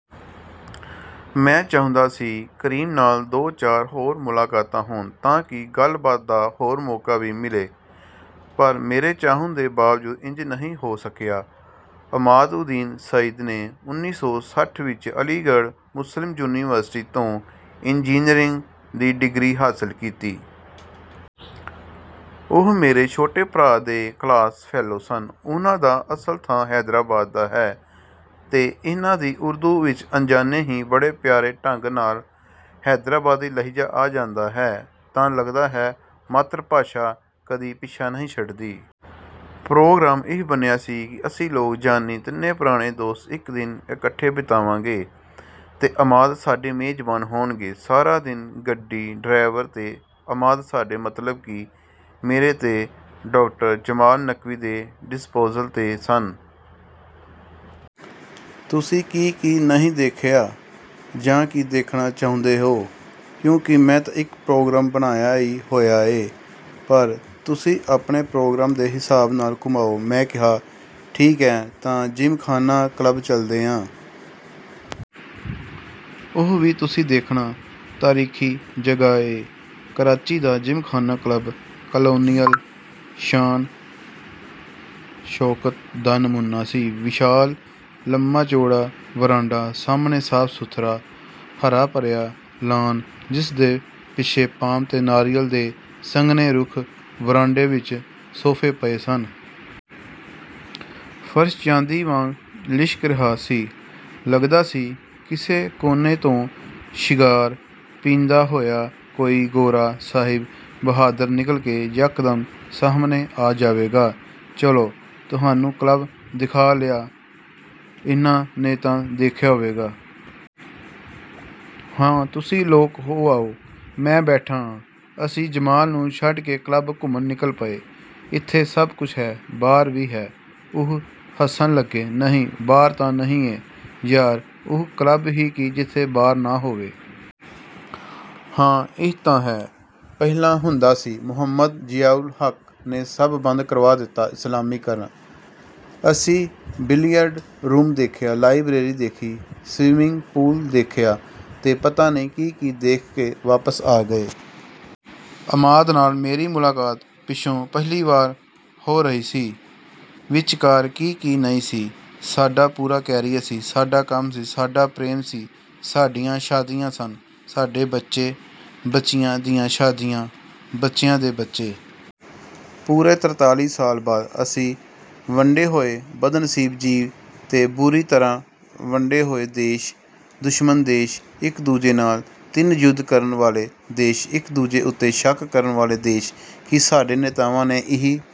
ਮੈਂ ਚਾਹੁੰਦਾ ਸੀ ਕਰੀਮ ਨਾਲ ਦੋ-ਚਾਰ ਹੋਰ ਮੁਲਾਕਾਤਾਂ ਹੋਣ, ਤਾਂ ਕਿ ਗੱਲਬਾਤ ਦਾ ਹੋਰ ਮੌਕਾ ਵੀ ਮਿਲੇ। ਪਰ ਮੇਰੇ ਚਾਹੁਣ ਦੇ ਬਾਵਜੂਦ ਇੰਜ ਨਹੀਂ ਹੋ ਸਕਿਆ। ਅਮਾਦਉੱਦੀਨ ਸਈਦ ਨੇ ਉੱਨੀ ਸੌ ਸੱਠ ਵਿੱਚ ਅਲੀਗੜ੍ਹ ਮੁਸਲਿਮ ਯੂਨੀਵਰਸਿਟੀ ਤੋਂ ਇੰਜੀਨੀਅਰਿੰਗ ਦੀ ਡਿਗਰੀ ਹਾਸਲ ਕੀਤੀ ਸੀ। ਉਹ ਮੇਰੇ ਛੋਟੇ ਭਰਾ ਦੇ ਕਲਾਸ-ਫੈਲੋ ਸਨ। ਉਹਨਾਂ ਦਾ ਅਸਲ ਥਾਂ ਹੈਦਰਾਬਾਦ ਦਾ ਹੈ ਤੇ ਇਹਨਾਂ ਦੀ ਉਰਦੂ ਵਿੱਚ ਅਣਜਾਣੇ ਹੀ, ਬੜੇ ਪਿਆਰੇ ਢੰਗ ਨਾਲ, ਹੈਦਰਾਬਾਦੀ ਲਹਿਜ਼ਾ ਆ ਜਾਂਦਾ ਹੈ, ਤਾਂ ਲੱਗਦਾ ਹੈ ਮਾਤ੍ਰਭਾਸ਼ਾ ਕਦੀ ਪਿੱਛਾ ਨਹੀਂ ਛੱਡਦੀ। ਪ੍ਰੋਗਰਾਮ ਇਹ ਬਣਿਆ ਸੀ ਕਿ ਅਸੀਂ ਲੋਕ, ਯਾਨੀ ਤਿੰਨੇ ਪੁਰਾਣੇ ਦੋਸਤ, ਇੱਕ ਦਿਨ ਇਕੱਠੇ ਬਿਤਾਵਾਂਗੇ ਤੇ ਅਮਾਦ ਸਾਡੇ ਮੇਜ਼ਬਾਨ ਹੋਣਗੇ। ਸਾਰਾ ਦਿਨ ਗੱਡੀ, ਡਰਾਈਵਰ ਤੇ ਅਮਾਦ ਸਾਡੇ, ਮਤਲਬ ਕਿ ਮੇਰੇ ਤੇ ਡਾ. ਜਮਾਲ ਨਕਵੀ ਦੇ, 'ਡਿਸਪੋਜ਼ਲ' 'ਤੇ ਸਨ। "ਤੁਸੀਂ ਕੀ-ਕੀ ਨਹੀਂ ਦੇਖਿਆ? ਜਾਂ ਕੀ ਦੇਖਣਾ ਚਾਹੁੰਦੇ ਓ? ਕਿਉਂਕਿ ਮੈਂ ਤਾਂ ਇੱਕ ਪ੍ਰੋਗਰਾਮ ਬਣਾਇਆ ਈ ਹੋਇਆ ਏ, ਪਰ...।" "ਤੁਸੀਂ ਆਪਣੇ ਪ੍ਰੋਗਰਾਮ ਦੇ ਹਿਸਾਬ ਨਾਲ ਘੁਮਾਓ...।" ਮੈਂ ਕਿਹਾ - ਠੀਕ ਐ, ਤਾਂ ਜ਼ਿਮਖ਼ਾਨਾ ਕਲੱਬ ਚਲਦੇ ਆਂ। ਉਹ ਵੀ ਤੁਸੀਂ ਦੇਖਣਾ... ਤਾਰੀਖ਼ੀ ਜਗ੍ਹਾ ਏ।" ਕਰਾਚੀ ਦਾ ਜ਼ਿਮਖ਼ਾਨਾ ਕਲੱਬ 'ਕਾਲੋਨੀਅਲ' ਸ਼ਾਨ-ਸ਼ੌਕਤ ਦਾ ਨਮੂਨਾ ਸੀ। ਵਿਸ਼ਾਲ, ਲੰਮਾ-ਚੌੜਾ ਵਰਾਂਡਾ... ਸਾਹਮਣੇ ਸਾਫ਼-ਸੁਥਰਾ, ਹਰਾ-ਭਰਿਆ ਲਾਨ, ਜਿਸਦੇ ਪਿੱਛੇ ਪਾਮ ਤੇ ਨਾਰੀਅਲ ਦੇ ਸੰਘਣੇ ਰੁੱਖ... ਵਰਾਂਡੇ ਵਿੱਚ ਸੋਫ਼ੇ ਪਏ ਸਨ... ਫ਼ਰਸ਼ ਚਾਂਦੀ ਵਾਂਗ ਲਿਸ਼ਕ ਰਿਹਾ ਸੀ। ਲੱਗਦਾ ਸੀ, ਕਿਸੇ ਕੋਨੇ ਤੋਂ ਸਿਗਾਰ ਪੀਂਦਾ ਹੋਇਆ ਕੋਈ ਗੋਰਾ ਸਾਹਿਬ ਬਹਾਦਰ ਨਿਕਲ ਕੇ ਯਕਦਮ ਸਾਹਮਣੇ ਆ ਜਾਵੇਗਾ...। "ਚਲੋ, ਤੁਹਾਨੂੰ ਕਲੱਬ ਦਿਖਾ ਲਿਆਂ... ਇਹਨਾਂ ਨੇ ਤਾਂ ਦੇਖਿਆ ਹੋਵੇਗਾ।" "ਹਾਂ, ਤੁਸੀਂ ਲੋਕ ਹੋ ਆਓ, ਮੈਂ ਬੈਠਾ ਆਂ।" ਅਸੀਂ ਜਮਾਲ ਨੂੰ ਛੱਡ ਕੇ ਕਲੱਬ ਘੁੰਮਣ ਨਿਕਲ ਪਏ। "ਇੱਥੇ ਸਭ ਕੁਝ ਹੈ...।" "ਬਾਰ ਵੀ ਹੈ?" ਉਹ ਹੱਸਣ ਲੱਗੇ। "ਨਹੀਂ, ਬਾਰ ਤਾਂ ਨਹੀਂ ਏ।" "ਯਾਰ, ਉਹ ਕਲੱਬ ਹੀ ਕੀ ਜਿੱਥੇ ਬਾਰ ਨਾ ਹੋਵੇ।" "ਹਾਂ, ਇਹ ਤਾਂ ਹੈ... ਪਹਿਲਾਂ ਹੁੰਦਾ ਸੀ... ਮੁਹੰਮਦ ਜ਼ਿਆ-ਉਲ-ਹੱਕ ਨੇ ਸਭ ਬੰਦ ਕਰਵਾ ਦਿੱਤਾ... ਇਸਲਾਮੀਕਰਨ।" ਅਸੀਂ ਬਿਲੀਅਰਡ ਰੂਮ ਦੇਖਿਆ, ਲਾਇਬ੍ਰੇਰੀ ਦੇਖੀ, ਸਵਿਮਿੰਗ ਪੂਲ ਦੇਖਿਆ ਤੇ ਪਤਾ ਨਹੀਂ ਕੀ-ਕੀ ਦੇਖ ਕੇ ਵਾਪਸ ਆ ਗਏ। ਅਮਾਦ ਨਾਲ ਮੇਰੀ ਮੁਲਾਕਾਤ ਪਿੱਛੋਂ ਪਹਿਲੀ ਵਾਰ ਹੋ ਰਹੀ ਸੀ। ਵਿਚਕਾਰ ਕੀ-ਕੀ ਨਹੀਂ ਸੀ। ਸਾਡਾ ਪੂਰਾ ਕੈਰੀਅਰ ਸੀ। ਸਾਡਾ ਕੰਮ ਸੀ... ਸਾਡਾ ਪ੍ਰੇਮ ਸੀ... ਸਾਡੀਆਂ ਸ਼ਾਦੀਆਂ ਸਨ... ਸਾਡੇ ਬੱਚੇ... ਬੱਚਿਆਂ ਦੀਆਂ ਸ਼ਾਦੀਆਂ... ਬੱਚਿਆਂ ਦੇ ਬੱਚੇ... ਪੂਰੇ ਤਰਤਾਲੀ ਸਾਲ ਬਾਅਦ... ਅਸੀਂ ਵੰਡੇ ਹੋਏ ਬਦਨਸੀਬ ਜੀਵ ਤੇ ਬੁਰੀ ਤਰ੍ਹਾਂ ਵੰਡੇ ਹੋਏ ਦੇਸ਼। ਦੁਸ਼ਮਣ ਦੇਸ਼। ਇੱਕ-ਦੂਜੇ ਨਾਲ ਤਿੰਨ ਯੁੱਧ ਕਰਨ ਵਾਲੇ ਦੇਸ਼... ਇੱਕ-ਦੂਜੇ ਉੱਤੇ ਸ਼ੱਕ ਕਰਨ ਵਾਲੇ ਦੇਸ਼... ਕੀ ਸਾਡੇ ਨੇਤਾਵਾਂ ਨੇ ਇਹੀ...